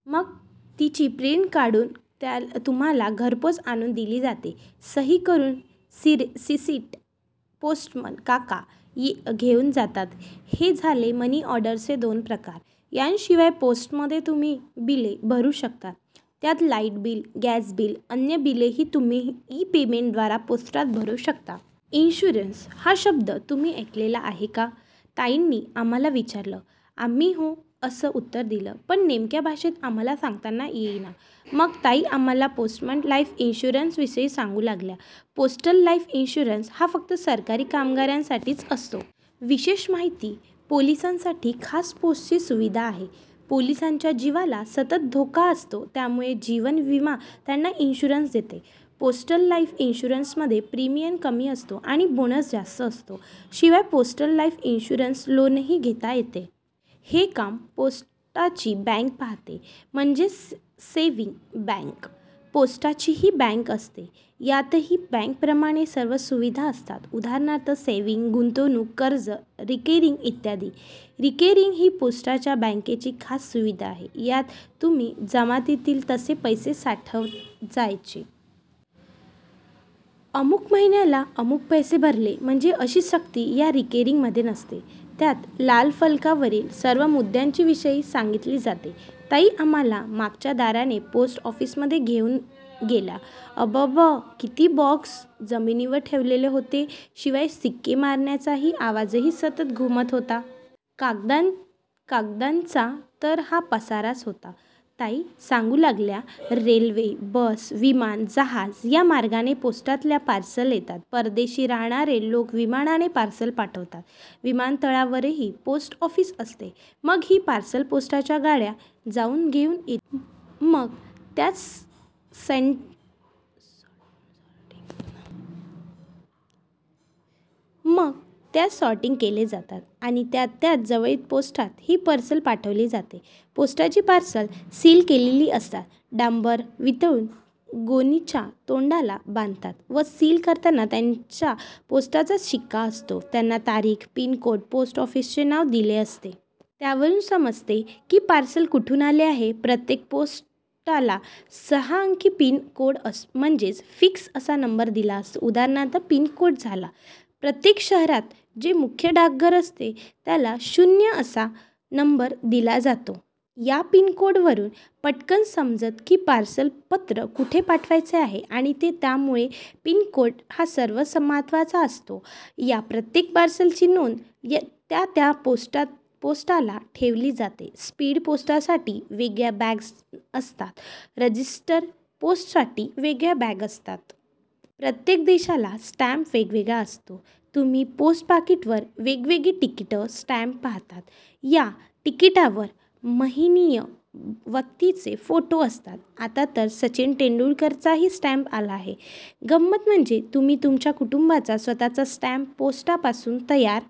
मग ची प्रिंट काढून तुम्हाला घरपोच आणून दिली जाते. सही करून रिसिट पोस्टमन काका घेऊन जातात. हे झाले मनी ऑर्डरचे दोन प्रकार. याशिवाय पोस्टमध्ये तुम्ही बिले भरू शकता. यात लाईट बिल, गॅस बिल, अन्य बिलेही तुम्ही ई-पेमेंटद्वारा पोस्टात भरू शकता." "इन्शुरन्स हा शब्द तुम्ही ऐकला आहे का?" ताईंनी आम्हांला विचारलं. आम्ही 'हो' असं उत्तर दिलं, पण नेमक्या भाषेत आम्हांला सांगता येईना. मग ताई आम्हांला पोस्टल लाईफ इन्शुरन्सविषयी सांगू लागल्या- "पोस्टल लाईफ इन्शुरन्स हा फक्त सरकारी कर्मचाऱ्यांसाठीच असतो. विशेष म्हणजे पोलिसांसाठीही खास पोस्टाची सुविधा आहे. पोलिसांच्या जीवाला सतत धोका असतो त्यामुळे जीवन विमा त्यांना इन्शुरन्स देते. पोस्टल लाईफ इन्शुरन्समध्ये प्रीमियम कमी असतो आणि बोनस जास्त असतो. शिवाय पोस्टल लाईफ इन्शुरन्सवर लोनही घेता येते. हे काम पोस्टाची बँक पाहते म्हणजेच सेव्हिंग बँक. पोस्टाचीही बँक असते. यातही बँकेप्रमाणे सर्व सुविधा असतात. उदाहरणार्थ सेव्हिंग, गुंतवणूक, कर्ज, रिकरिंग इत्यादी. रिकरिंग ही पोस्टाच्या बँकेची खास सुविधा आहे. यात तुम्ही जमतील तसे पैसे साठवत जायचे. अमुक महिन्याला अमुकच पैसे भरले पाहिजे अशी सक्ती या रिकरिंगमध्ये नसते." त्या लाल फलकावरील सर्व मुद्द्यांविषयी माहिती सांगितल्यानंतर ताई आम्हांला मागच्या दाराने पोस्ट ऑफिसमध्ये घेऊन गेल्या. अबब! कितीतरी बॉक्स जमिनीवर ठेवलेले होते. शिवाय शिक्के मारल्याचा आवाजही सतत घुमत होता. कागदांचा तर हा पसारा होता! ताई सांगू लागल्या, "रेल्वे, बस, विमान, जहाज या मार्गाने पोस्टाकडे पार्सल येतात. परदेशी राहणारे लोक विमानाने पार्सल पाठवतात. विमानतळावरही पोस्ट ऑफिस असते. मग ही पार्सल पोस्टाच्या गाड्या जाऊन घेऊन येतात. मग त्याचं सॉर्टिंग केलं जातं आणि त्या त्या जवळील पोस्टात ही पार्सल पाठवली जातात. पोस्टाची पार्सल्स सील केलेली असतात. डांबर वितळून गोणीच्या तोंडाला बांधतात व सील करतात. त्यावर पोस्टाचा शिक्का असतो. यामध्ये तारीख, पिन कोड, पोस्ट ऑफिसचे नाव लिहिलेले असते. त्यावरून समजते की पार्सल कुठून आले आहे. प्रत्येक पोस्टाला सहा अंकी पिन कोड म्हणजे फिक्स असा नंबर दिलेला असतो. उदा. हा पिन कोड झाला. प्रत्येक शहरात जे मुख्य डाकघर असते, त्याला शून्य एक असा नंबर दिलेला असतो. या पिनकोडवरून पटकन समजतं की पार्सल, पत्र कुठे पाठवायचं आहे ते. त्यामुळे पिनकोड हा सर्वात महत्त्वाचा असतो. या प्रत्येक पार्सलची नोंद त्या त्या पोस्टाला ठेवावी लागते. स्पीड पोस्टसाठी वेगळ्या बॅग्ज असतात, रजिस्टर पोस्टसाठी वेगळ्या बॅग्ज असतात. प्रत्येक देशाचा स्टँप वेगवेगळा असतो. तुम्ही पोस्ट पाकिटावर वेगवेगळी तिकीटं, स्टँप पाहता. ह्या तिकिटावर महनीय व्यक्तींचे फोटो असतात. आता तर सचिन तेंडुलकरचाही स्टँप आला आहे. गंमत म्हणजे तुम्हीही तुमच्या कुटुंबाचा, तुमचा स्वतःचा स्टँप पोस्टाकडून तयार